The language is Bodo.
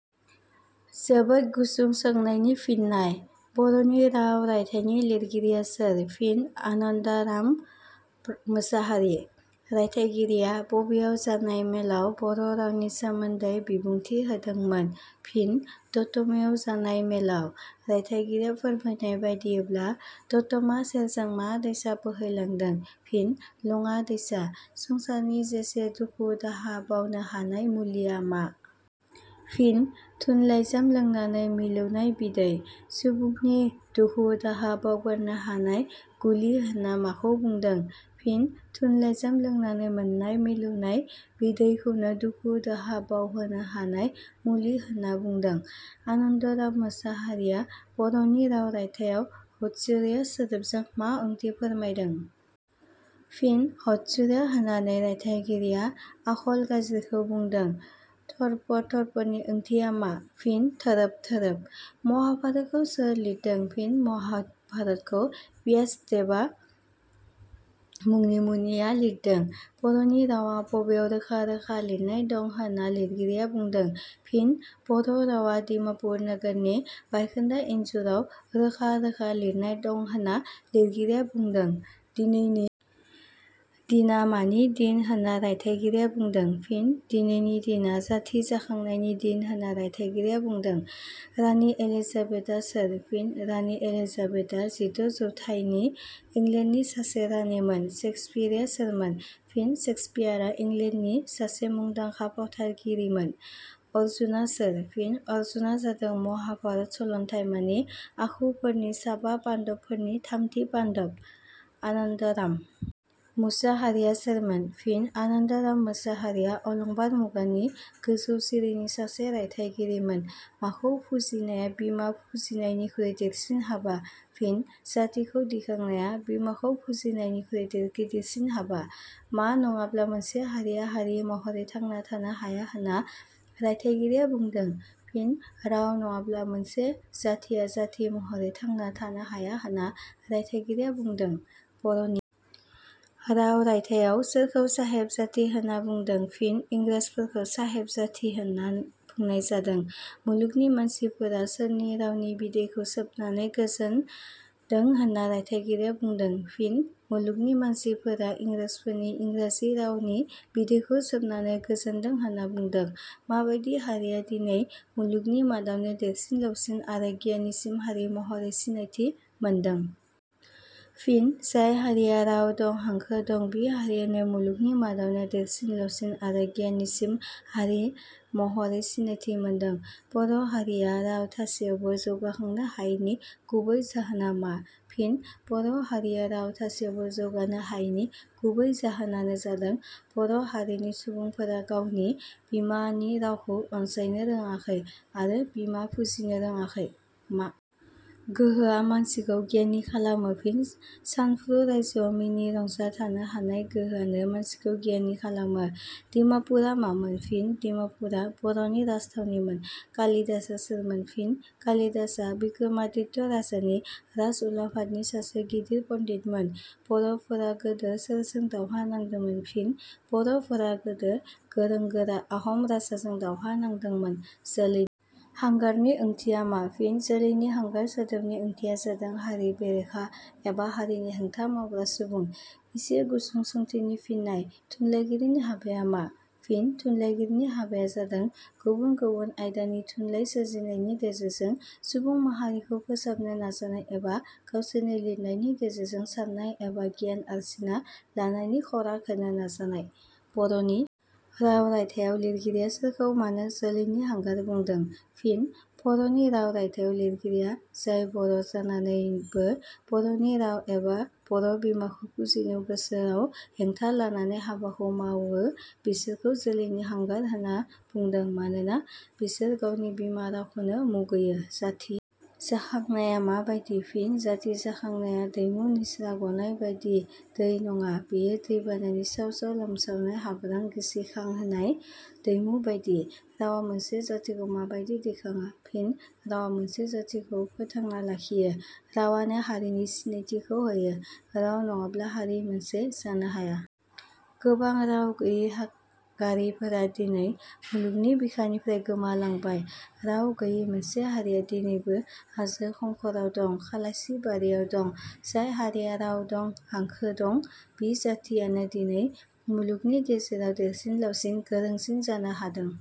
जोबोद गुसुं सोंनायनि फिननाय. बर'नि राव रायथाइनि लिरगिरिया सोर? फिन: आनान्दराम मसाहारि।.रायथाइगिरिया बबेयाव जानाय मेलाव बर' रावनि सोमोन्दै बिबुंथि होदोंमोन? फिन:दतमायाव जानाय मेलाव।.रायथाइगिरिया फोरमायनाय बादियैब्ला दतमा सेरजों मा दैसा बोहैलांदों? फिन:लङा दैसा।.संसारनि जेसे दुखु दाहा बावनो हानाय मुलिया मा? फिन:थुन लाइजाम लोंनानै मिलौनाय बिदै।.सुबुंनि दुखु-दाहा बावगारनो हानाय गुलि होनना माखौ बुंदों? फिन:थुन लाइजाम लोंनानै मोननाय मिलौनाय बिदैखौनो दुखु-दाहा बावहोनो हानाय मुलि होनना बुंदों।.आनान्दराम मसाहारिया बर'नि राव रायथाइयाव हथसिरा सोदोबजों मा ओंथि फोरमायदों? फिन:हथ'सिरा होननानै रायथाइगिरिया आखल गाज्रिखौ बुंदों।.थर्प थर्पनि ओंथिया मा? फिन:थोरोब थोरोब।.महाभारतखौ सोर लिरदों? फिन:महाभारतखौ व्यासदेब मुंनि मुनिया लिरदों।.बर'नि रावा बबेयाव रोखा रोखा लिरनाय दं होनना लिरगिरिया बुंदों? फिन:बर' रावा डिमापुर नोगोरनि बायखोन्दा इन्जुराव रोखा रोखा लिरनाय दं होनना लिरगिरिया बुंदों।.दिनैनि दिना मानि दिन होनना रायथाइगिरिया बुंदों? फिन: दिनैनि दिना जाथि जाखांनायनि दिन होनना रायथाइगिरिया बुंदों।.राणी एलिजाबेथआ सोर? फिन:राणी एलिजाबेथअ जिद' जौथायनि इंलेण्डनि सासे राणीमोन।.सेक्सपियारआ सोरमोन? फिन:सेक्सपियारआ इंलेण्डनि सासे मुंदांखा फावथाइगिरिमोन।.अरजुना सोर? फिन:अरजुना जादों महाभारत सलन्थाइमानि आखुफोरनि साबा पाण्डबफोरनि थामथि पाण्डब।.आनान्दराम मसाहारिया सोरमोन? फिन:आनान्दराम मसाहारिया अलंबार मुगानि गोजौ सिरिनि सासे रायथाइगिरिमोन।.माखौ फुजिनाया बिमा फुजिनायनिख्रुइ देरसिन हाबा? फिन:जाथिखौ दिखांनाया बिमाखौ फुजिनायनिख्रुइ गिदिरसिन हाबा।.मा नङाब्ला मोनसे हारिया हारि महरै थांना थानो हाया होनना रायथाइगिरिया बुंदों? फिन:राव नङाब्ला मोनसे जाथिया जाथि महरै थांना थानो हाया होनना रायथाइगिरिया बुंदों?.'बर'नि राव' रायथाइयाव सोरखौ साहेब जाथि होनना बुंदों? फिन:इंग्राजफोरखौ साहेब जाथि होनना बुंनाय जादों।.मुलुगनि मानसिफोरा सोरनि रावनि बिदैखौ सोबनानै गोजोनदों होनना रायथाइगिरिया बुंदों? फिन:मुलुगनि मानसिफोरा इंग्राजफोरनि इंग्राजि रावनि बिदैखौ सोबनानै गोजोनदों होनना बुंदों।.माबादि हारिया दिनै मुलुगनि मादावनो देरसिन लावसिन आरो गियानिसिन हारि महरै सिनायथि मोनदों? फिन:जाय हारिया राव दं, हांखो दं बि हारियानो मुलुगनि मादावनो देरसिन लावसिन आरो गियानिसिन हारि महरै सिनायथि मोनदों।.बर' हारिया राव थासेयावबो जौगाखांनो हायिनि गुबै जाहोना मा? फिन:बर' हारिया राव थासेयावबो जौगानो हायिनि गुबै जाहोनानो जादों बर' हारिनि सुबुंफोरा गावनि बिमानि रावखौ अनसायनो रोङाखै आरो बिमा फुजिनो रोङाखै।.मा गोहोआ मानसिखौ गियानि खालामो? फिन:सानफ्रु रायजोआव मिनि रंजा थानो हानाय गोहोआनो मानसिखौ गियानि खालामो।.डिमापुरआ मामोन? फिन:दिमापुरआ बर'नि राजथावनिमोन।.कालिदासआ सोरमोन? फिन:कालिदासआ बिक्रमादित्य राजानि राजउलाफादनि सासे गेदेर पण्डितमोन।.बर'फोरा गोदो सोरजों दावहा नांदोंमोन? फिन:बर'फोरा गोदो गोरों-गोरा आहम राजाजों दावहा नांदोंमोन।.जोलैनि हांगारनि ओंथिया मा? फिन:जोलैनि हांगार सोदोबनि ओंथिया जादों हारि बेरेखा एबा हारिनि हेंथा मावग्रा सुबुं। इसे गुसुं सोंथिनि फिननाय. थुनलाइगिरिनि हाबाया मा? फिन:थुनलाइगिरिनि हाबाया जादों गुबुन गुबुन आयदानि थुनलाइ सोरजिनायनि गेजेरजों सुबुं माहारिखौ फोसाबनो नाजानाय एबा गावसोरनि लिरनायनि गेजेरजों साननाय एबा गियान आरजिना लानायनि खराग होनो नाजानाय।.'बर'नि राव' रायथाइयाव लिरगिरिया सोरखौ मानो जोलैनि हांगार बुंदों? फिन:'बर'नि राव' रायथाइयाव लिरगिरिया जाय बर' जानानैबो बर'नि राव एबा बर' बिमाखौ फुजिनायाव गोसोआव हेंथा लानानै हाबाखौ मावो बिसोरखौ जोलैनि हांगार होननानै बुंदों मानोना बिसोर गावनि बिमा रावखौनो मुगैयो।.जाथि जाखांनाया माबादि? फिन:जाथि जाखांनाया दैमु निज्रा गनाय बादि दै नङा, बेयो दैबानानि साव-साव लोमसावनाय हाब्रां गिसिखांहोनाय दैमु बादि।.रावा मोनसे जाथिखौ माबादि दिखाङो? फिन:रावा मोनसे जाथिखौ फोथांना लाखियो, रावानो हारिनि सिनायथिखौ होयो, राव नङाब्ला हारि मोनसे जानो हाया। गोबां राव गैयि गारिफोरा दिनै मुलुगनि बिखानिफ्राय गोमालांबाय। राव गैयि मोनसे हारिया दिनैबो हाजो खंखराव दं, खालायसि बारियाव दं। जाय हारिया राव दं, हांखो दं, बि जाथियानो दिनै मुलुगनि गेजेराव देरसिन लावसिन गोरोंसिन जानो हादों।